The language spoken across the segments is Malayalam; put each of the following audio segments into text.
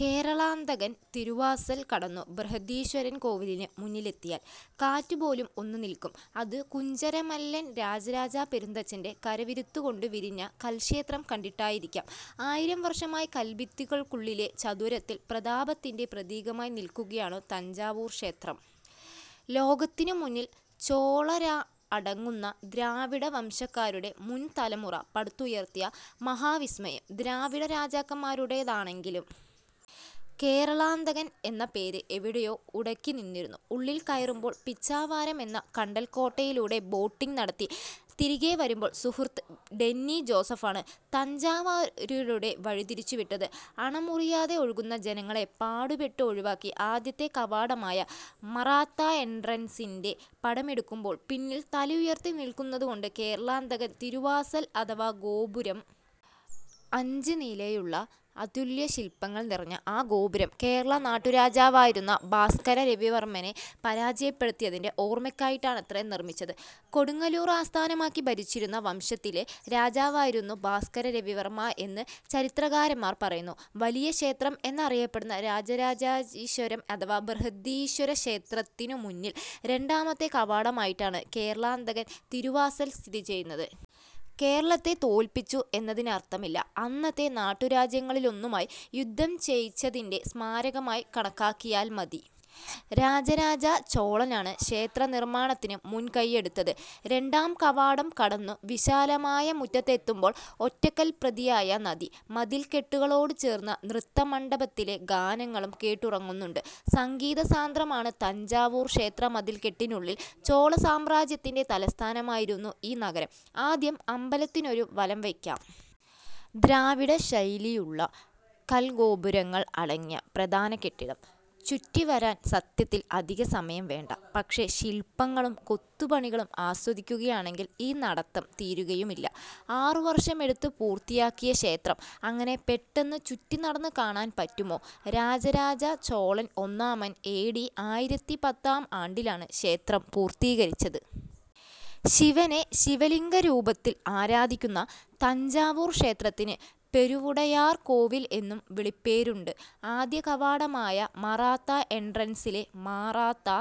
കേരളാന്തകൻ തിരുവാസൽ കടന്നു ബൃഹദീശ്വരൻ കോവിലിനു മുന്നിലെത്തിയാൽ കാറ്റുപോലും ഒന്നു നിൽക്കും. അതു കുഞ്ചരമല്ലൻ രാജരാജ പെരുന്തച്ചന്റെ കരവിരുതുകൊണ്ടു വിരിഞ്ഞ കൽക്ഷേത്രം കണ്ടിട്ടായിരിക്കും. ആയിരം വർഷമായി കൽഭിത്തികൾക്കുള്ളിലെ ചത്വരത്തിൽ പ്രതാപത്തിന്റെ പ്രതീകമായി നിലനിൽക്കുകയാണു തഞ്ചാവൂർ ക്ഷേത്രം. ലോകത്തിനു മുന്നിൽ ചോളരടങ്ങുന്ന ദ്രാവിഡവംശക്കാരുടെ മുൻതലമുറ പടുത്തുയർത്തിയ മഹാവിസ്മയം. ദ്രാവിഡരാജാക്കന്മാരുടേതാണെങ്കിലും കേരളാന്തകൻ എന്ന പേര് എവിടെയോ ഉടക്കിനിന്നിരുന്നു ഉള്ളിൽ കയറുമ്പോൾ. പിച്ചാവരം എന്ന കണ്ടൽകോട്ടയിലൂടെ ബോട്ടിങ് നടത്തി തിരികെവരുമ്പോൾ സുഹൃത്ത് ഡെന്നി ജോസഫ് ആണ് തഞ്ചാവൂരിലൂടെ വഴിതിരിച്ചുവിട്ടത്. അണമുറിയാതെ ഒഴുകുന്ന ജനങ്ങളെ പാടുപെട്ട് ഒഴിവാക്കി ആദ്യത്തെ കവാടമായ മറാത്ത എൻട്രൻസിന്റെ പടമെടുക്കുമ്പോൾ പിന്നിൽ തലയുയർത്തിനിൽക്കുന്നുണ്ട് കേരളാന്തകൻ തിരുവാസൽ അഥവാ ഗോപുരം. അഞ്ചുനിലയുള്ള, അതുല്യശിൽപങ്ങൾ നിറഞ്ഞ ആ ഗോപുരം കേരള നാട്ടുരാജാവായിരുന്ന ഭാസ്കര രവിവർമ്മനെ പരാജയപ്പെടുത്തിയതിന്റെ ഓർമയ്ക്കായിട്ടാണത്രേ നിർമിച്ചത്. കൊടുങ്ങല്ലൂർ ആസ്ഥാനമാക്കി ഭരിച്ചിരുന്ന വംശത്തിലെ രാജാവായിരുന്നു ഭാസ്കര രവിവർമ എന്ന് ചരിത്രകാരന്മാർ പറയുന്നു. വലിയ ക്ഷേത്രം എന്നറിയപ്പെടുന്ന രാജരാജീശ്വരം അഥവാ ബൃഹദീശ്വരക്ഷേത്രത്തിനു മുന്നിൽ രണ്ടാമത്തെ കവാടമായിട്ടാണ് കേരളാന്തകൻ തിരുവാസൽ സ്ഥിതി ചെയ്യുന്നത്. കേരളത്തെ തോൽപ്പിച്ചു എന്നതിനർഥമില്ല. അന്നത്തെ നാട്ടുരാജ്യങ്ങളിലൊന്നുമായി യുദ്ധം ജയിച്ചതിന്റെ സ്മാരകമായി കണക്കാക്കിയാൽ മതി. രാജരാജ ചോളനാണ് ക്ഷേത്രനിർമാണത്തിനു മുൻകൈയെടുത്തത്. രണ്ടാം കവാടം കടന്നു വിശാലമായ മുറ്റത്തെത്തുമ്പോൾ ഒറ്റക്കൽപ്രതിമയായ നന്ദി, മതിൽക്കെട്ടുകളോടു ചേർന്ന നൃത്തമണ്ഡപത്തിലെ ഗാനങ്ങളും കേട്ടുറങ്ങുന്നുണ്ട്. സംഗീതസാന്ദ്രമാണ് തഞ്ചാവൂർ ക്ഷേത്രമതിൽക്കെട്ടിനുള്ളിൽ. ചോളസാമ്രാജ്യത്തിന്റെ തലസ്ഥാനമായിരുന്നു ഈ നഗരം. ആദ്യം അമ്പലത്തിനൊരു വലംവയ്ക്കാം. ദ്രാവിഡശൈലിയുള്ള കൽഗോപുരങ്ങൾ അടങ്ങിയ പ്രധാന കെട്ടിടം ചുറ്റിവരാൻ സത്യത്തിൽ അധികസമയം വേണ്ട. പക്ഷേ, ശിൽപങ്ങളും കൊത്തുപണികളും ആസ്വദിക്കുകയാണെങ്കിൽ ഈ നടത്തം തീരുകയുമില്ല. ആറുവർഷമെടുത്തു പൂർത്തിയാക്കിയ ക്ഷേത്രം അങ്ങനെ പെട്ടെന്നു ചുറ്റിനടന്നു കാണാൻ പറ്റുമോ? രാജരാജ ചോളൻ ഒന്നാമൻ എ ഡി ആയിരത്തി പത്താം ആണ്ടിലാണ് ക്ഷേത്രം പൂർത്തീകരിച്ചത്. ശിവനെ ശിവലിംഗരൂപത്തിൽ ആരാധിക്കുന്ന തഞ്ചാവൂർ ക്ഷേത്രത്തിന് പെരുവുടയാർ കോവിൽ എന്നും വിളിപ്പേരുണ്ട്. ആദ്യകവാടമായ മറാത്ത എൻട്രൻസിലെ മറാത്താ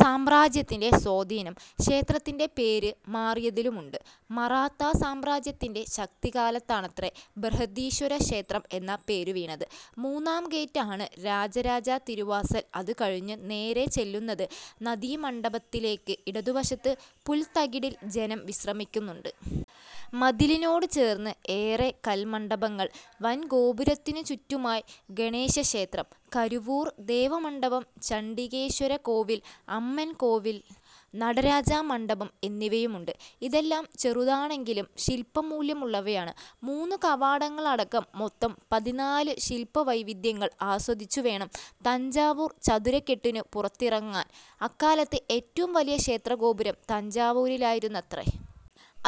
സാമ്രാജ്യത്തിന്റെ സ്വാധീനം ക്ഷേത്രത്തിന്റെ പേര് മാറിയതിലുമുണ്ട്. മറാത്താ സാമ്രാജ്യത്തിന്റെ ശക്തികാലത്താണത്രേ ബൃഹദീശ്വര ക്ഷേത്രം എന്ന പേരുവീണത്. മൂന്നാം ഗേറ്റ് ആണ് രാജരാജ തിരുവാസൽ. അതുകഴിഞ്ഞു നേരെച്ചെല്ലുന്നത് നന്ദിമണ്ഡപത്തിലേക്ക്. ഇടതുവശത്ത് പുൽത്തകിടിയിൽ ജനം വിശ്രമിക്കുന്നുണ്ട്. മതിലിനോടു ചേർന്ന് ഏറെ കൽമണ്ഡപങ്ങൾ. വൻഗോപുരത്തിനു ചുറ്റുമായി ഗണേശക്ഷേത്രം, കരുവൂർ ദേവ മണ്ഡപം, ചണ്ഡികേശ്വര കോവിൽ, അമ്മൻ കോവിൽ, നടരാജ മണ്ഡപം എന്നിവയുണ്ട്. ഇതെല്ലാം ചെറുതാണെങ്കിലും ശിൽപ്പമൂല്യമുള്ളവയാണ്. മൂന്നു കവാടങ്ങളടക്കം മൊത്തം പതിനാലു ശിൽപവൈവിധ്യങ്ങൾ ആസ്വദിച്ചുവേണം തഞ്ചാവൂർ ചതുരക്കെട്ടിനു പുറത്തിറങ്ങാൻ. അക്കാലത്ത് ഏറ്റവും വലിയ ക്ഷേത്രഗോപുരം തഞ്ചാവൂരിലായിരുന്നത്രേ.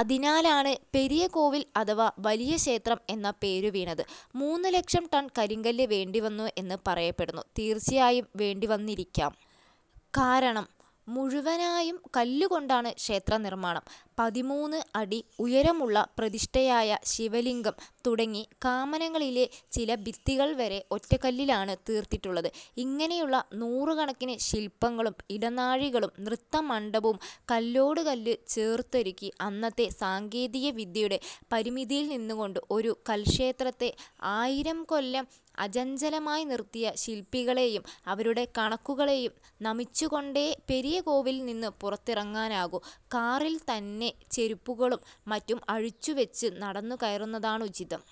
അതിനാലാണ് പെരിയകോവിൽ അഥവാ വലിയ ക്ഷേത്രം എന്ന പേരുവീണത്. മൂന്ന് ലക്ഷം ടൺ കരിങ്കല്ല് വേണ്ടിവന്നു എന്ന് പറയപ്പെടുന്നു. തീർച്ചയായും വേണ്ടിവന്നിരിക്കാം. കാരണം മുഴുവനായും കല്ലുകൊണ്ടാണ് ക്ഷേത്രനിർമാണം. പതിമൂന്ന് അടി ഉയരമുള്ള പ്രതിഷ്ഠയായ ശിവലിംഗം തുടങ്ങി കമാനങ്ങളിലെ ചില ഭിത്തികൾവരെ ഒറ്റക്കല്ലിലാണു തീർത്തിട്ടുള്ളത്. ഇങ്ങനെയുള്ള നൂറുകണക്കിനു ശിൽപ്പങ്ങളും ഇടനാഴികളും നൃത്തമണ്ഡപവും കല്ലോടുകല്ല് ചേർത്തൊരുക്കി, അന്നത്തെ സാങ്കേതികവിദ്യയുടെ പരിമിതിയിൽനിന്നുകൊണ്ട് ഒരു കൽക്ഷേത്രത്തെ ആയിരംകൊല്ലം അചഞ്ചലമായി നിർത്തിയ ശിൽപ്പികളെയും അവരുടെ കണക്കുകളെയും നമിച്ചുകൊണ്ടേ പെരിയകോവിലിൽനിന്നു പുറത്തിറങ്ങാനാകൂ. കാറിൽത്തന്നെ ചെരുപ്പുകളും മറ്റും അഴിച്ചുവച്ചു നടന്നു കയറുന്നതാണുചിതം.